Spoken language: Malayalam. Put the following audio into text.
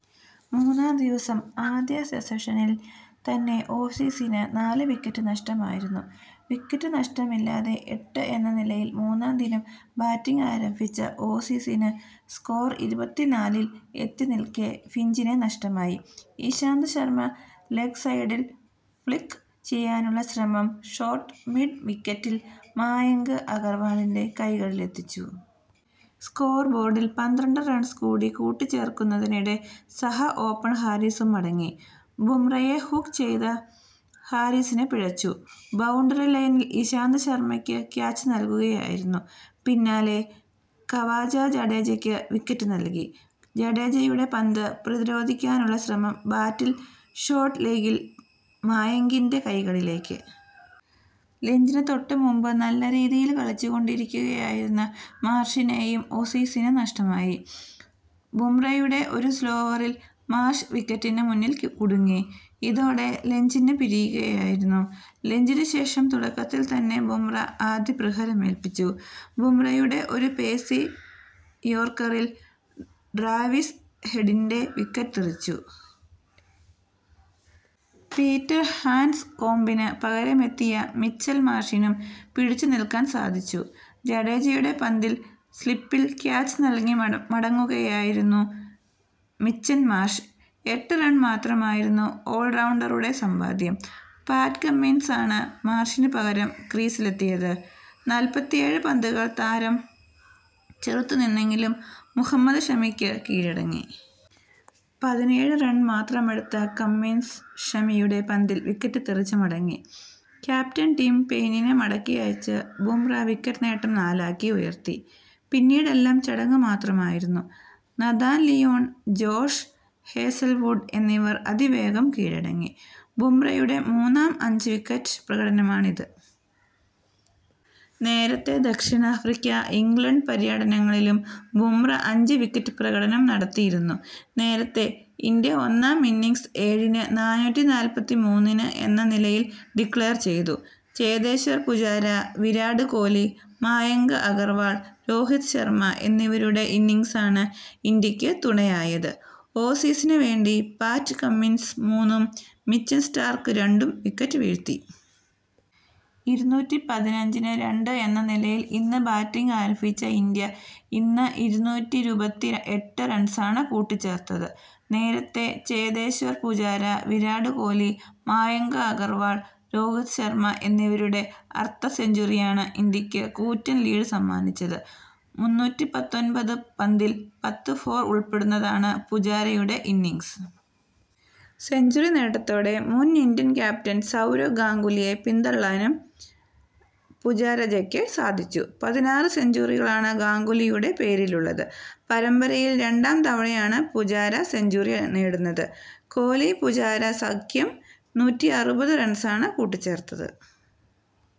മൂന്നാം ദിവസം ആദ്യ സെസഷനിൽ തന്നെ ഓസീസിന് നാല് വിക്കറ്റ് നഷ്ടമായിരുന്നു. വിക്കറ്റ് നഷ്ടമില്ലാതെ എട്ട് എന്ന നിലയിൽ മൂന്നാം ദിനം ബാറ്റിങ് ആരംഭിച്ച ഓസീസിന് സ്കോർ ഇരുപത്തിനാലിൽ എത്തിനിൽക്കെ ഫിഞ്ചിനെ നഷ്ടമായി. ഇശാന്ത് ശർമയെ ലെഗ് സൈഡിൽ ഫ്ളിക്ക് ചെയ്യാനുള്ള ശ്രമം ഷോർട്ട് മിഡ് വിക്കറ്റിൽ മായങ്ക് അഗർവാളിൻ്റെ കൈകളിലെത്തിച്ചു. സ്കോർ ബോർഡിൽ പന്ത്രണ്ട് റൺസ് കൂടി കൂട്ടിച്ചേർക്കുന്നതിനിടെ സഹ ഓപ്പണർ ഹാരിസും മടങ്ങി. ബുംറയെ ഹുക്ക് ചെയ്ത ഹാരിസിന് പിഴച്ചു. ബൌണ്ടറി ലൈനിൽ ഇശാന്ത് ശർമയ്ക്ക് ക്യാച്ച് നൽകുകയായിരുന്നു. പിന്നാലെ ഖവാജ ജഡേജയ്ക്ക് വിക്കറ്റ് നൽകി. ജഡേജയുടെ പന്ത് പ്രതിരോധിക്കാനുള്ള ശ്രമം ബാറ്റിൽ ഷോർട്ട് ലെഗിൽ മായങ്കിൻ്റെ കൈകളിലേക്ക്. ലഞ്ചിന് തൊട്ട് മുമ്പ് നല്ല രീതിയിൽ കളിച്ചിക്കൊണ്ടിരിക്കുകയായിരുന്ന മാർഷിനെയും ഓസീസിന് നഷ്ടമായി. ബുംറയുടെ ഒരു സ്ലോവറിൽ മാർഷ് വിക്കറ്റിന് മുന്നിൽ കുടുങ്ങി. ഇതോടെ ലഞ്ചിന് പിരിയുകയായിരുന്നു. ലഞ്ചിന് ശേഷം തുടക്കത്തിൽ തന്നെ ബുംറ ആദ്യ പ്രഹരമേൽപ്പിച്ചു. ബുംറയുടെ ഒരു പേസി യോർക്കറിൽ ട്രാവിസ് ഹെഡിൻ്റെ വിക്കറ്റ് തെറിച്ചു. പീറ്റർ ഹാൻഡ്സ്കോംബിന് പകരമെത്തിയ മിച്ചൽ മാർഷിനും പിടിച്ചു നിൽക്കാൻ സാധിച്ചു. ജഡേജയുടെ പന്തിൽ സ്ലിപ്പിൽ ക്യാച്ച് നൽകി മടങ്ങുകയായിരുന്നു മിച്ചൽ മാർഷ്. എട്ട് റൺ മാത്രമായിരുന്നു ഓൾറൌണ്ടറുടെ സമ്പാദ്യം. പാറ്റ് കമ്മിൻസാണ് മാർഷിന് പകരം ക്രീസിലെത്തിയത്. നാല്പത്തിയേഴ് പന്തുകൾ താരം ചെറുത്തുനിന്നെങ്കിലും മുഹമ്മദ് ഷമിക്ക് കീഴടങ്ങി. പതിനേഴ് റൺ മാത്രമെടുത്ത കമ്മിൻസ് ഷമിയുടെ പന്തിൽ വിക്കറ്റ് തെറിച്ച് മടങ്ങി. ക്യാപ്റ്റൻ ടിം പെയ്നിനെ മടക്കി അയച്ച് ബുംറ വിക്കറ്റ് നേട്ടം നാലാക്കി ഉയർത്തി. പിന്നീടെല്ലാം ചടങ്ങ് മാത്രമായിരുന്നു. നഥാൻ ലിയോൺ, ജോഷ് ഹേസൽവുഡ് എന്നിവർ അതിവേഗം കീഴടങ്ങി. ബുംറയുടെ മൂന്നാം അഞ്ച് വിക്കറ്റ് പ്രകടനമാണിത്. നേരത്തെ ദക്ഷിണാഫ്രിക്ക, ഇംഗ്ലണ്ട് പര്യടനങ്ങളിലും ബുംറ അഞ്ച് വിക്കറ്റ് പ്രകടനം നടത്തിയിരുന്നു. നേരത്തെ, ഇന്ത്യ ഒന്നാം ഇന്നിങ്സ് ഏഴിന് നാനൂറ്റിനാല്പത്തിമൂന്നിന് എന്ന നിലയിൽ ഡിക്ലയർ ചെയ്തു. ചേതേശ്വർ പൂജാര, വിരാട് കോലി, മായങ്ക് അഗർവാൾ, രോഹിത് ശർമ എന്നിവരുടെ ഇന്നിങ്സാണ് ഇന്ത്യക്ക് തുണയായത്. ഓസീസിന് വേണ്ടി പാറ്റ് കമ്മിൻസ് മൂന്നും മിച്ചൽ സ്റ്റാർക്ക് രണ്ടും വിക്കറ്റ് വീഴ്ത്തി. ഇരുന്നൂറ്റിപതിനഞ്ചിന് രണ്ട് എന്ന നിലയിൽ ഇന്ന് ബാറ്റിങ് ആരംഭിച്ച ഇന്ത്യ ഇന്ന് ഇരുന്നൂറ്റീരുപത്തിഏട്ട് റൺസാണ് കൂട്ടിച്ചേർത്തത്. നേരത്തെ, ചേതേശ്വർ പൂജാര, വിരാട് കോലി, മായങ്ക് അഗർവാൾ, രോഹിത് ശർമ എന്നിവരുടെ അർധ സെഞ്ചുറിയാണ് ഇന്ത്യക്ക് കൂറ്റൻ ലീഡ് സമ്മാനിച്ചത്. മുന്നൂറ്റിപത്തൊൻപത് പന്തിൽ പത്ത് ഫോർ ഉൾപ്പെടുന്നതാണ് പൂജാരയുടെ ഇന്നിങ്സ്. സെഞ്ചുറി നേട്ടത്തോടെ മുൻ ഇന്ത്യൻ ക്യാപ്റ്റൻ സൗരവ് ഗാംഗുലിയെ പിന്തള്ളാനും പൂജാരജയ്ക്ക് സാധിച്ചു. പതിനാറ് സെഞ്ചുറികളാണ് ഗാംഗുലിയുടെ പേരിലുള്ളത്. പരമ്പരയിൽ രണ്ടാം തവണയാണ് പൂജാര സെഞ്ചുറി നേടുന്നത്. കോലി പൂജാര സഖ്യം നൂറ്റിഅറുപത് റൺസാണ് കൂട്ടിച്ചേർത്തത്.